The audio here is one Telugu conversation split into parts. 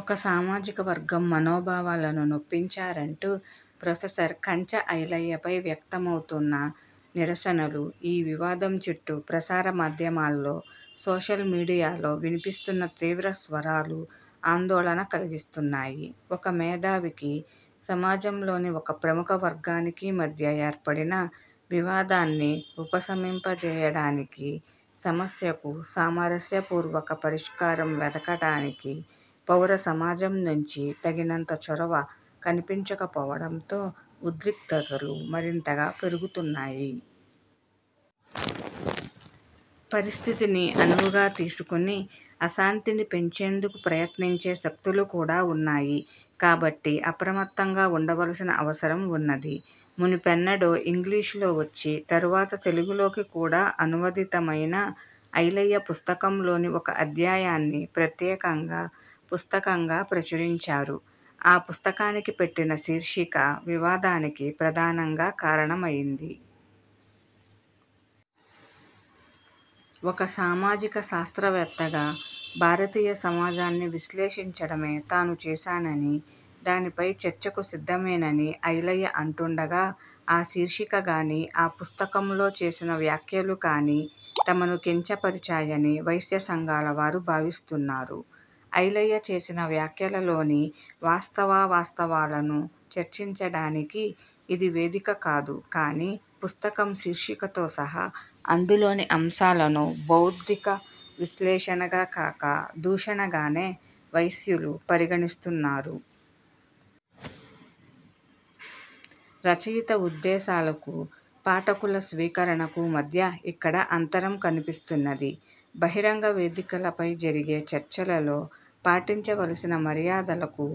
ఒక సామాజిక వర్గం మనోభావాలను నొప్పించారంటూ ప్రొఫెసర్ కంచ ఐలయ్యపై వ్యక్తమవుతున్న నిరసనలు, ఈ వివాదం చుట్టూ ప్రసారమాధ్యమాల్లో, సోషల్ మీడియాలో వినిపిస్తున్న తీవ్రస్వరాలు ఆందోళన కలిగిస్తున్నాయి. ఒక మేధావికి, సమాజంలోని ఒక ప్రముఖ వర్గానికి మధ్య ఏర్పడిన వివాదాన్ని ఉపశమింపజేయడానికి, సమస్యకు సామరస్య పూర్వక పరిష్కారం వెదకడానికి పౌరసమాజం నుంచి తగినంత చొరవ కనిపించకపోవడంతో, ఉద్రిక్తతలు మరింతగా పెరుగుతున్నాయి. పరిస్థితిని అనువుగా తీసుకుని, అశాంతిని పెంచేందుకు ప్రయత్నించే శక్తులు కూడా ఉన్నాయి కాబట్టి, అప్రమత్తంగా ఉండవలసిన అవసరం ఉన్నది. మునుపెన్నడో ఇంగ్లీషులో వచ్చి, తరువాత తెలుగులోకి కూడా అనువదితమయిన ఐలయ్య పుస్తకంలోని ఒక అధ్యాయాన్ని ప్రత్యేకంగా పుస్తకంగా ప్రచురించారు. ఆ పుస్తకానికి పెట్టిన శీర్షిక వివాదానికి ప్రధానంగా కారణమయింది. ఒక సామాజిక శాస్త్రవేత్తగా భారతీయ సమాజాన్ని విశ్లేషించడమే తాను చేశానని, దానిపై చర్చకు సిద్ధమేనని ఐలయ్య అంటుండగా, ఆ శీర్షికగానీ, ఆ పుస్తకంలో చేసిన వ్యాఖ్యలు కానీ తమను కించపరిచాయని వైశ్యసంఘాల వారు భావిస్తున్నారు. ఐలయ్య చేసిన వ్యాఖ్యలలోని వాస్తవా వాస్తవాలను చర్చించడానికి ఇది వేదిక కాదు కానీ, పుస్తకం శీర్షికతో సహా అందులోని అంశాలను బౌద్ధిక విశ్లేషణగా కాక, దూషణగానే వైశ్యులు పరిగణిస్తున్నారు. రచయిత ఉద్దేశాలకు, పాఠకుల స్వీకరణకు మధ్య ఇక్కడ అంతరం కనిపిస్తున్నది. బహిరంగ వేదికలపై జరిగే చర్చలలో పాటించవలసిన మర్యాదలకు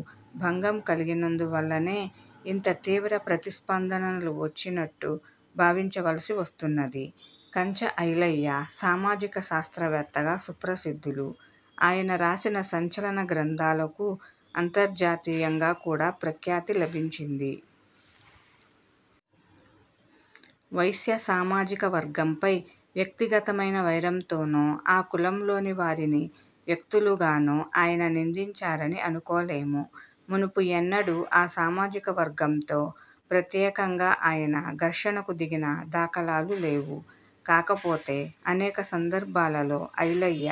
భంగం కలిగినందువల్లనే ఇంత తీవ్ర ప్రతిస్పందనలు వచ్చినట్టు భావించవలసి వస్తున్నది. కంచ ఐలయ్య సామాజిక శాస్త్రవేత్తగా సుప్రసిద్ధులు. ఆయన రాసిన సంచలన గ్రంథాలకు అంతర్జాతీయంగా కూడా ప్రఖ్యాతి లభించింది. వైశ్య సామాజిక వర్గంపై వ్యక్తిగతమైన వైరంతోనో, ఆ కులంలోని వారిని వ్యక్తులుగానో ఆయన నిందించారని అనుకోలేము. మునుపు ఎన్నడూ ఆ సామాజిక వర్గంతో ప్రత్యేకంగా ఆయన ఘర్షణకు దిగిన దాఖలాలు లేవు. కాకపోతే, అనేక సందర్భాలలో ఐలయ్య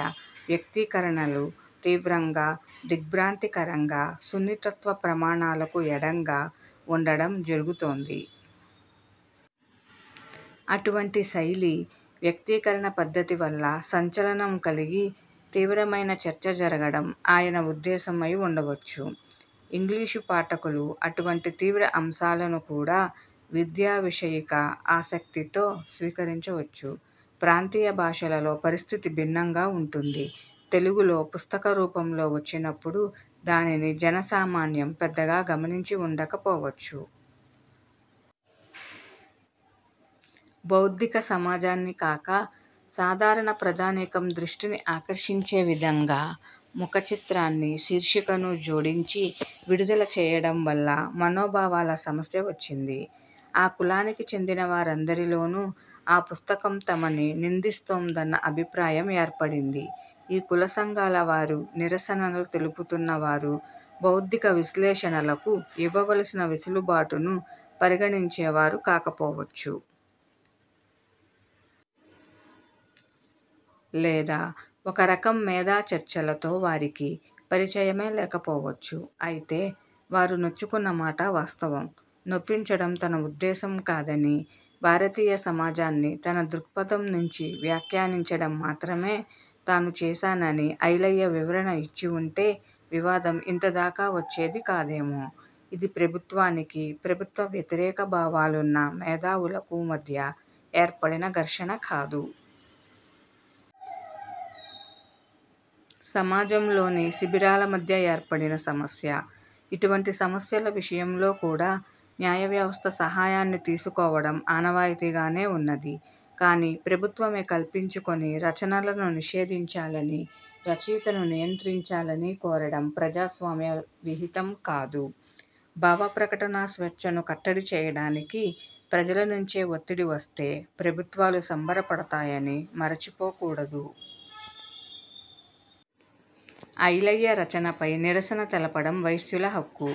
వ్యక్తీకరణలు తీవ్రంగా, దిగ్బ్రాంతికరంగా, సున్నితత్వ ప్రమాణాలకు ఎడంగా ఉండడం జరుగుతోంది. అటువంటి శైలి, వ్యక్తీకరణ పద్ధతి వల్ల సంచలనం కలిగి, తీవ్రమయిన చర్చ జరగడం ఆయన ఉద్దేశం అయి ఉండవచ్చు. ఇంగ్లీషు పాఠకులు అటువంటి తీవ్ర అంశాలను కూడా విద్యావిషయిక ఆసక్తితో స్వీకరించవచ్చు. ప్రాంతీయభాషలలో పరిస్థితి భిన్నంగా ఉంటుంది. తెలుగులో పుస్తకరూపంలో వచ్చినప్పుడు దానిని జనసామాన్యం పెద్దగా గమనించి ఉండకపోవచ్చు. బౌద్ధిక సమాజాన్ని కాక, సాధారణ ప్రజానీకం దృష్టిని ఆకర్షించే విధంగా ముఖచిత్రాన్ని, శీర్షికను జోడించి విడుదల చేయడం వల్ల, మనోభావాల సమస్య వచ్చింది. ఆ కులానికి చెందిన వారందరిలోనూ, ఆ పుస్తకం తమని నిందిస్తోందన్న అభిప్రాయం ఏర్పడింది. ఈ కులసంఘాల వారు, నిరసనలు తెలుపుతున్న వారు బౌద్ధిక విశ్లేషణలకు ఇవ్వవలసిన వెసులుబాటును పరిగణించేవారు కాకపోవచ్చు. లేదా ఒకరకం మేధాచర్చలతో వారికి పరిచయమే లేకపోవచ్చు. అయితే, వారు నొచ్చుకున్న మాట వాస్తవం. నొప్పించడం తన ఉద్దేశం కాదని, భారతీయ సమాజాన్ని తన దృక్పథం నుంచి వ్యాఖ్యానించడం మాత్రమే తాను చేశానని ఐలయ్య వివరణ ఇచ్చి ఉంటే వివాదం ఇంతదాకా వచ్చేది కాదేమో? ఇది ప్రభుత్వానికి, ప్రభుత్వ వ్యతిరేక భావాలున్న మేధావులకు మధ్య ఏర్పడిన ఘర్షణ కాదు. సమాజంలోని శిబిరాల మధ్య ఏర్పడిన సమస్య. ఇటువంటి సమస్యల విషయంలో కూడా న్యాయవ్యవస్థ సహాయాన్ని తీసుకోవడం ఆనవాయితీగానే ఉన్నది. కానీ, ప్రభుత్వమే కల్పించుకుని రచనలను నిషేధించాలని, రచయితను నియంత్రించాలని కోరడం ప్రజాస్వామ్య విహితం కాదు. భావప్రకటనా స్వేచ్ఛను కట్టడి చేయడానికి ప్రజల నుంచే ఒత్తిడి వస్తే, ప్రభుత్వాలు సంబరపడతాయని మరచిపోకూడదు. ఐలయ్య రచనపై నిరసన తెలపడం వైశ్యుల హక్కు,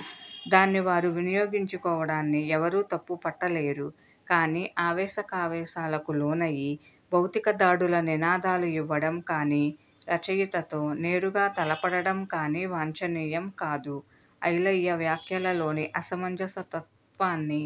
దాన్ని వారు వినియోగించుకోవడాన్ని ఎవరూ తప్పు పట్టలేరు. కానీ, ఆవేశకావేశాలకు లోనయి భౌతిక దాడుల నినాదాలు యివ్వడం కానీ, రచయితతో నేరుగా తలపడడం కానీ వాంఛనీయం కాదు. ఐలయ్య వ్యాఖ్యలలోని అసమంజసత్వాన్ని ఎందరో